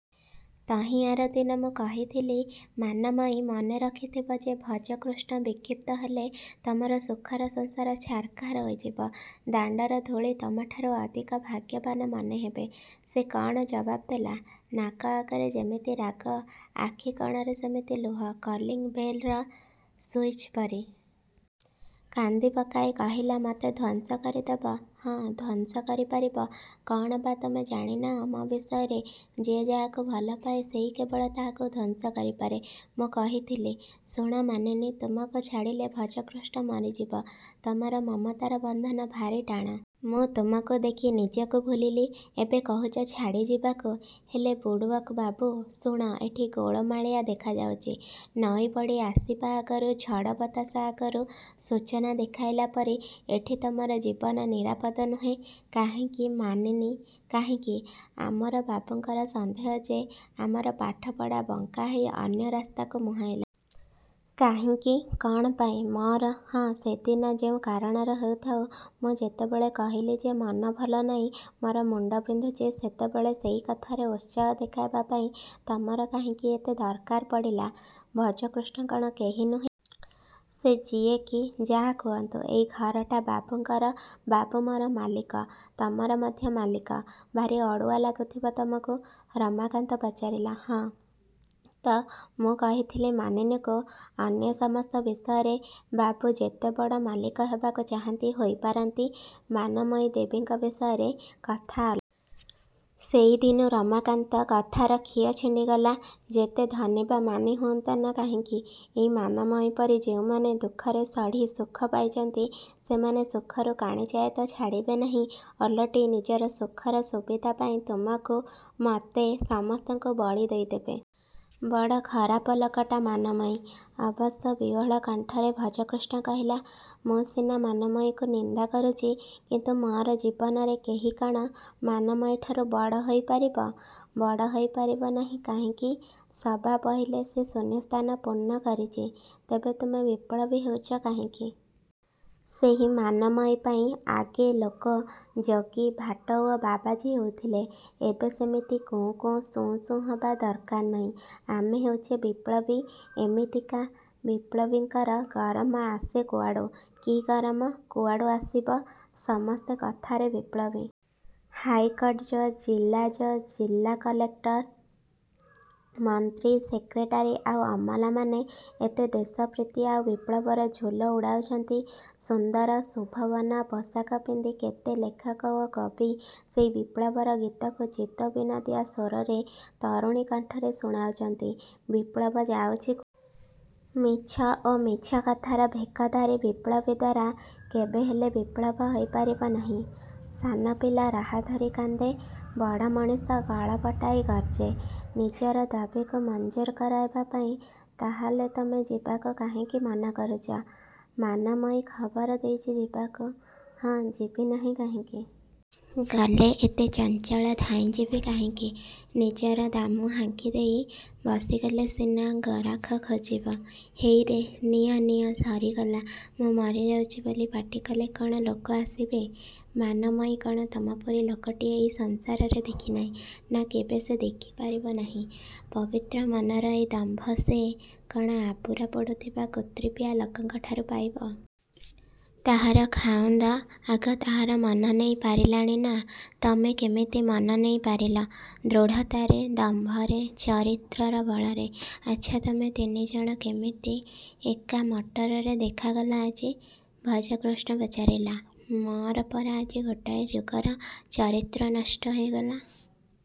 –ତହିଁ ଆରଦିନ ମୁଁ କହିଥିଲି–ମାନମୟୀ, ମନେ ରଖିଥିବ ଯେ ଭଜକୃଷ୍ଣ ବିକ୍ଷିପ୍ତ ହେଲେ ତମର ସୁଖର ସଂସାର ଛାରଖାର ହୋଇଯିବ। ଦାଣ୍ଡର ଧୂଳି ତମଠାରୁ ଅଧିକ ଭାଗ୍ୟବାନ ମନେ ହେବେ। –ସେ କ'ଣ ଜବାବ ଦେଲା? –ନାକ ଆଗରେ ଯେମିତି ରାଗ, ଆଖି କଣରେ ସେମିତି ଲୁହ–କଲିଙ୍ଗ୍ ବେଲ୍ର ସୁଇଚ୍ପରି। କାନ୍ଦି ପକାଇ କହିଲା–ମତେ ଧ୍ୱଂସ କରିଦବ? ହଁ, ଧ୍ୱଂସ କରିପାରିବ। କ'ଣ ବା ତମେ ଜାଣନାହିଁ ମୋ ବିଷୟରେ? ଯିଏ ଯାହାକୁ ଭଲପାଏ। ସେହି କେବଳ ତାହାକୁ ଧ୍ୱଂସ କରିପାରେ। –ମୁଁ କହିଥିଲି, ଶୁଣ ମାନିନୀ। ତମକୁ ଛାଡ଼ିଲେ ଭଜକୃଷ୍ଣ ମରିଯିବ। ତମର ମମତାର ବନ୍ଧନ ଭାରି ଟାଣ। ମୁଁ ତୁମକୁ ଦେଖି ନିଜକୁ ଭୁଲିଲି। ଏବେ କହୁଛ ଛାଡ଼ିଯିବାକୁ। –ହେ, ବୁଡ଼୍ବକ ବାବୁ। ଶୁଣ–ଏଠି ଗୋଳମାଳିଆ ଦେଖା ଯାଉଛି। ନଈବଢ଼ି ଆସିବା ଆଗରୁ, ଝଡ଼ବତାସ ଆଗରୁ ସୂଚନା ଦେଖାଇଲା ପରି ଏଠି ତମର ଜୀବନ ନିରାପଦ ନୁହେଁ। –କାହିଁକି, ମାନିନୀ,–କାହିଁକି? –ଅମର ବାବୁଙ୍କର ସନ୍ଦେହ ଯେ, ଆମର ପାଠପଢ଼ା ବଙ୍କା ହେଇ ଅନ୍ୟ ରାସ୍ତାକୁ ମୁହାଁଇଲାଣି। –କାହିଁକି? କ'ଣ ପାଇଁ? –ମୋର? –ହଁ। ସେଦିନ ଯେଉଁ କାରଣରୁ ହେଇଥାଉ ମୁଁ ଯେତେବେଳେ କହିଲି ଯେ, ମନ ଭଲନାହିଁ ମୋର ମୁଣ୍ଡ ବିନ୍ଧୁଛି, ସେତେବେଳେ ସେଇ କଥାରେ ଉତ୍ସାହ ଦେଖାଇବା ପାଇଁ ତମର କାହିଁକି ଏତେ ଦରକାର ପଡ଼ିଲା? –ଭଜକୃଷ୍ଣ କ'ଣ କେହି ନୁହେଁ? –ସେ ଯିଏ କି ଯାହା ହୁଅନ୍ତୁ, ଏଇ ଘରଟା ବାବୁଙ୍କର। ବାବୁ ମୋର ମାଲିକ। ତମର ମଧ୍ୟ ମାଲିକ। –ଭାରି ଅଡ଼ୁଆ ଲାଗିଥିବ ତୁମକୁ? ରମାକାନ୍ତ ପଚାରିଲା। –ହଁ, ତ। ମୁଁ କହିଥିଲି ମାନିନୀକୁ–ଅନ୍ୟ ସମସ୍ତ ବିଷୟରେ ବାବୁ ଯେତେବଡ଼ ମାଲିକ ହେବାକୁ ଚାହାଁନ୍ତି ହୋଇପାରନ୍ତି, ମାନମୟୀ ଦେବୀଙ୍କ ବିଷୟରେ କଥା ଅଲଗା। –ସେହିଦିନୁ ରମାକାନ୍ତ, କଥାର ଖିଅ ଛିଣ୍ଡିଗଲା। ଯେତେ ଧନୀ ବା ମାନୀ ହୁଅନ୍ତା ନା କାହିଁକି, ଏଇ ମାନମୟୀପରି ଯେଉଁମାନେ ଦୁଃଖରେ ସଢ଼ି ସୁଖ ପାଇଛନ୍ତି–ସେମାନେ ସୁଖରୁ କାଣିଚାଏ ତ ଛାଡ଼ିବେ ନାହିଁ। ଓଲଟି ନିଜର ସୁଖର ସୁବିଧା ପାଇଁ ତମକୁ–ମତେ–ସମସ୍ତଙ୍କୁ ବଳି ଦେଇ ଦେବେ। –ବଡ଼ ଖରାପ ଲୋକଟା ମାନମୟୀ। ଅବଶ ବିହ୍ୱଳ କଣ୍ଠରେ ଭଜକୃଷ୍ଣ କହିଲା–ମୁଁ ସିନା ମାନମୟୀକୁ ନିନ୍ଦା କରୁଛି; କିନ୍ତୁ ମୋର ଜୀବନରେ କେହି କ'ଣ ମାନମୟୀଠାରୁ ବଡ଼ ହୋଇପାରିବ? –ବଡ଼ ହେଇପାରିବ ନାହିଁ, କାହିଁକି? –ସବା ପହିଲେ ସେ ଶୂନ୍ୟସ୍ଥାନ ପୂର୍ଣ୍ଣ କରିଛି। –ତେବେ ତୁମେ ବିପ୍ଳବୀ ହେଉଛ କାହିଁକି? –ସେହି ମାନମୟୀ ପାଇଁ। ଆଗେ ଲୋକ ଯୋଗୀ, ଭାଟ ଓ ବାବାଜୀ ହେଉଥିଲେ। ଏବେ ସେମିତି କୁଉଁ କୁଉଁ–ସୁଉଁ ସୁଉଁ ହବା ଦରକାର ନାହିଁ। ଆମେ ହେଉଛେ ବିପ୍ଳବୀ। –ଏମିତିକା ବିପ୍ଳବୀଙ୍କର ଗରମ ଆସେ କୁଆଡ଼ୁ? –କି ଗରମ? କୁଆଡ଼ୁ ଆସିବ? ସମସ୍ତେ କଥାରେ ବିପ୍ଳବୀ। ହାଇକୋର୍ଟ ଜଜ, ଜିଲା ଜଜ, ଜିଲା କଲେକ୍ଟର, ମନ୍ତ୍ରୀ, ସେକ୍ରେଟାରୀ ଆଉ ଅମଲାମାନେ ଏତେ ଦେଶପ୍ରୀତି ଆଉ ବିପ୍ଳବର ଝୁଲ ଉଡ଼ାଉଛନ୍ତି। ସୁନ୍ଦର ସୁଶୋଭନ ପୋଷାକ ପିନ୍ଧି କେତେ ଲେଖକ ଓ କବି ସେଇ ବିପ୍ଳବର ଗୀତକୁ ଚିତ୍ତବିନୋଦିଆ ସ୍ୱରରେ ତରୁଣୀ କଣ୍ଠରେ ଶୁଣାଉଛନ୍ତି। ବିପ୍ଳବ ଯାଉଛି କୁଆଡ଼େ? –ମିଛ ଓ ମିଛକଥାର ଭେକଧାରୀ ବିପ୍ଳବୀ ଦ୍ୱାରା କେବେ ହେଲେ ବିପ୍ଳବ ହେଇପାରିବ ନାହିଁ। ସାନପିଲା ରାହାଧରି କାନ୍ଦେ–ବଡ଼ ମଣିଷ ଗଳା ଫଟାଇ ଗର୍ଜେ–ନିଜର ଦାବୀକୁ ମଞ୍ଜୁର କରାଇବା ପାଇଁ। –ତାହାହେଲେ ତମେ ଯିବାକୁ କାହିଁକି ମନା କରୁଛ? –ମାନମୟୀ ଖବର ଦେଇଛି ଯିବାକୁ। –ହଁ, ଯିବି ନାହିଁ କାହିଁକି? ଗଲେ ଏତେ ଚଞ୍ଚଳ ଧାଇଁଯିବି କାହିଁକି? ନିଜର ଦାମ୍କୁ ହାଙ୍କିଦେଇ ବସିଗଲେ ସିନା ଗରାଖ ଖୋଜିବ। ହେଇରେ–ନିଅ–ନିଅ–ସରିଗଲା–ମୁଁ ମରିଯାଉଛି ବୋଲି ପାଟିକଲେ କ'ଣ ଲୋକ ଆସିବେ? –ମାନମୟୀ କ'ଣ ତମପରି ଲୋକଟିଏ ଏଇ ସଂସାରରେ ଦେଖିନାହିଁ। –ନା, କେବେ ସେ ଦେଖି ପାରିବ ନାହିଁ। ପବିତ୍ର ମନର ଏଇ ଦମ୍ଭ ସେ କ'ଣ ଆବୁରା ପଡ଼ୁଥିବା କୁତ୍ରିପିଆ ଲୋକଙ୍କଠାରୁ ପାଇବ? ତାହାର ଖାଉନ୍ଦ ଆଗ ତାହାର ମନ ନେଇ ପାରିଲାଣି ନା– –ତମେ କେମିତି ମନ ନେଇ ପାରିଲ? –ଦୃଢ଼ତାରେ–ଦମ୍ଭରେ–ଚରିତ୍ରର ବଳରେ।... –ଆଚ୍ଛା, ତମେ ତିନିଜଣ କେମିତି ଏକା ମଟରରେ ଦେଖାଗଲ ଆଜି? ଭଜକୃଷ୍ଣ ପଚାରିଲା। –ମୋର ପରା ଆଜି ଗୋଟାଏ ଯୁଗର ଚରିତ୍ର ନଷ୍ଟ ହେଇଗଲା।